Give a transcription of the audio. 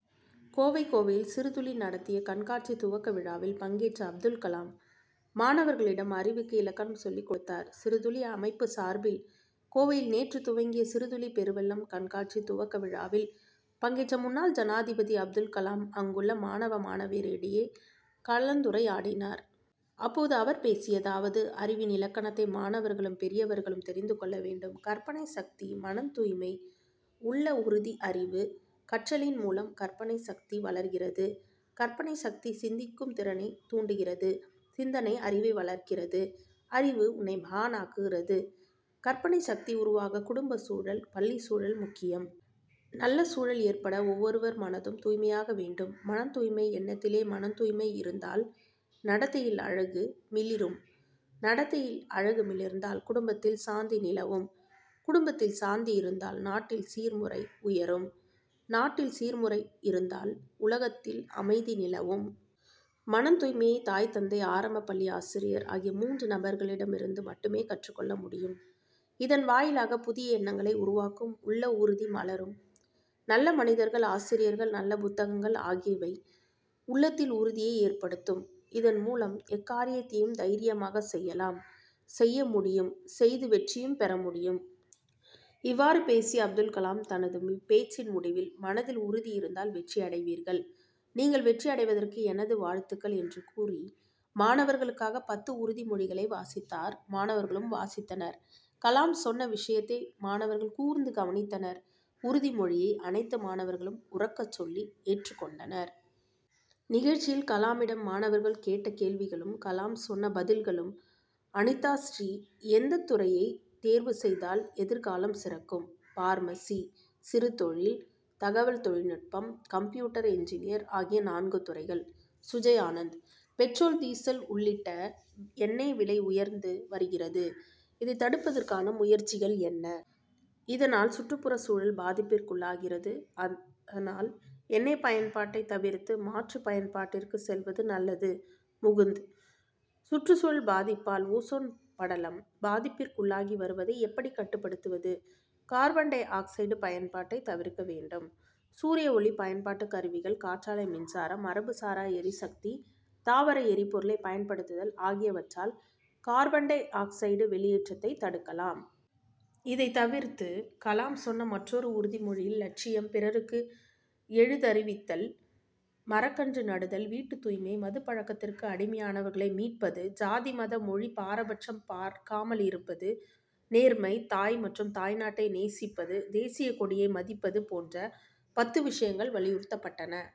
கோவை கோவையில் சிறுதுளி நடத்திய கண்காட்சி துவக்க விழாவில் பங்கேற்ற அப்துல் கலாம், மாணவர்களிடம் அறிவுக்கு இலக்கணம் சொல்லிக் கொடுத்தார். சிறுதுளி அமைப்பு சார்பில் கோவையில் நேற்று துவங்கிய சிறுதுளி பெருவெள்ளம்' கண்காட்சி துவக்க விழாவில் பங்கேற்ற முன்னாள் ஜனாதிபதி அப்துல் கலாம், அங்குள்ள மாணவ, மாணவியரிடையே கலந்துரையாடினார். அப்போது அவர் பேசியதாவது: அறிவின் இலக்கணத்தை மாணவர்களும், பெரியவர்களும் தெரிந்து கொள்ள வேண்டும். கற்பனை சக்தி மனத்தூய்மை உள்ள உறுதி அறிவு. கற்றலின் மூலம் கற்பனை சக்தி வளர்கிறது கற்பனை சக்தி, சிந்திக்கும் திறனை தூண்டுகிறது; சிந்தனை, அறிவை வளர்க்கிறது; அறிவு உன்னை மகானாக்குகிறது. கற்பனை சக்தி உருவாக குடும்பச்சூழல், பள்ளிச் சூழல் முக்கியம். நல்ல சூழல் ஏற்பட, ஒவ்வொருவர் மனதும் தூய்மையாக வேண்டும். மனத்தூய்மை எண்ணத்திலே மனத்தூய்மை இருந்தால் நடத்தையில் அழகு மிளிரும் நடத்தையில் அழகு மிளிர்ந்தால், குடும்பத்தில் சாந்தி நிலவும்; குடும்பத்தில் சாந்தி இருந்தால், நாட்டில் சீர் முறை உயரும் நாட்டில் சீர்முறை இருந்தால் உலகத்தில் அமைதி நிலவும். மனத்தூய்மையை தாய், தந்தை, ஆரம்பப்பள்ளி ஆசிரியர் ஆகிய மூன்று நபர்களிடமிருந்து மட்டுமே கற்றுக் கொள்ள முடியும். இதன் வாயிலாக புதிய எண்ணங்களை உருவாக்கும் உள்ள உறுதி மலரும். நல்ல மனிதர்கள், ஆசிரியர்கள், நல்ல புத்தகங்கள் ஆகியவை உள்ளத்தில் உறுதியை ஏற்படுத்தும், இதன் மூலம் எக்காரியத்தையும் தைரியமாக செய்யலாம் செய்ய முடியும் செய்து வெற்றியும் பெற முடியும். இவ்வாறு பேசிய அப்துல்கலாம், தனது பேச்சின் முடிவில், மனதில் உறுதி இருந்தால், வெற்றி அடைவீர்கள். நீங்கள் வெற்றி அடைவதற்கு எனது வாழ்த்துக்கள்' என்று கூறி மாணவர்களுக்காக பத்து உறுதி மொழிகளை வாசித்தார். மாணவர்களும் வாசித்தனர். கலாம் சொன்ன விஷயத்தை மாணவர்கள் கூர்ந்து கவனித்தனர். உறுதி மொழியை அனைத்து மாணவர்களும் உரக்கச் சொல்லி ஏற்றுக்கொண்டனர். நிகழ்ச்சியில் கலாமிடம் மாணவர்கள் கேட்ட கேள்விகளும், கலாம் சொன்ன பதில்களும் அனிதாஸ்ரீ எந்த துறையை தேர்வு செய்தால் எதிர் காலம் சிறக்கும்? பார்மஸி, சிறுதொழில், தகவல் தொழில்நுட்பம், கம்ப்யூட்டர் இன்ஜினியர் ஆகிய நான்கு துறைகள். சுஜய் ஆனந்த்: பெட்ரோல் டீசல் உள்ளிட்ட எண்ணெய் விலை உயர்ந்து வருகிறது; இதைத் தடுப்பதற்கான முயற்சிகள் என்ன? இதனால் சுற்றுப்புறச் சூழல் பாதிப்பிற்குள்ளாகிறது. அதனால் எண்ணெய் பயன்பாட்டை தவிர்த்து மாற்று பயன்பாட்டிற்கு செல்வது நல்லது. முகுந்த்: சுற்றுச்சூழல் பாதிப்பால் ஓசோன் படலம் பாதிப்பிற்குள்ளாகி வருவதை எப்படி கட்டுப்படுத்துவது? கார்பன் டை ஆக்சைடு பயன்பாட்டை தவிர்க்க வேண்டும். சூரியஒளி பயன்பாட்டு கருவிகள், காற்றாலை மின்சாரம், மரபுசாரா எரிசக்தி, தாவர எரிபொருளை பயன் படுத்துதல் ஆகியவற்றால் கார்பன் டை ஆக்சைடு வெளியேற்றத்தை தடுக்கலாம். இதைத் தவிர்த்து, கலாம் சொன்ன மற்றொரு உறுதிமொழியில், லட்சியம், பிறருக்கு எழுத்தருவித்தல், மரக்கன்று நடுதல், வீட்டுத்தூய்மை, மதுப்பழக்கத்திற்கு அடிமையானவர்களை மீட்பது, ஜாதி, மத, மொழி பாரபட்சம் பார்க்காமலிருப்பது, நேர்மை, தாய் மற்றும் தாய்நாட்டை நேசிப்பது, தேசியக்கொடியை மதிப்பது' போன்ற பத்து விஷயங்கள் வலியுறுத்தப்பட்டன.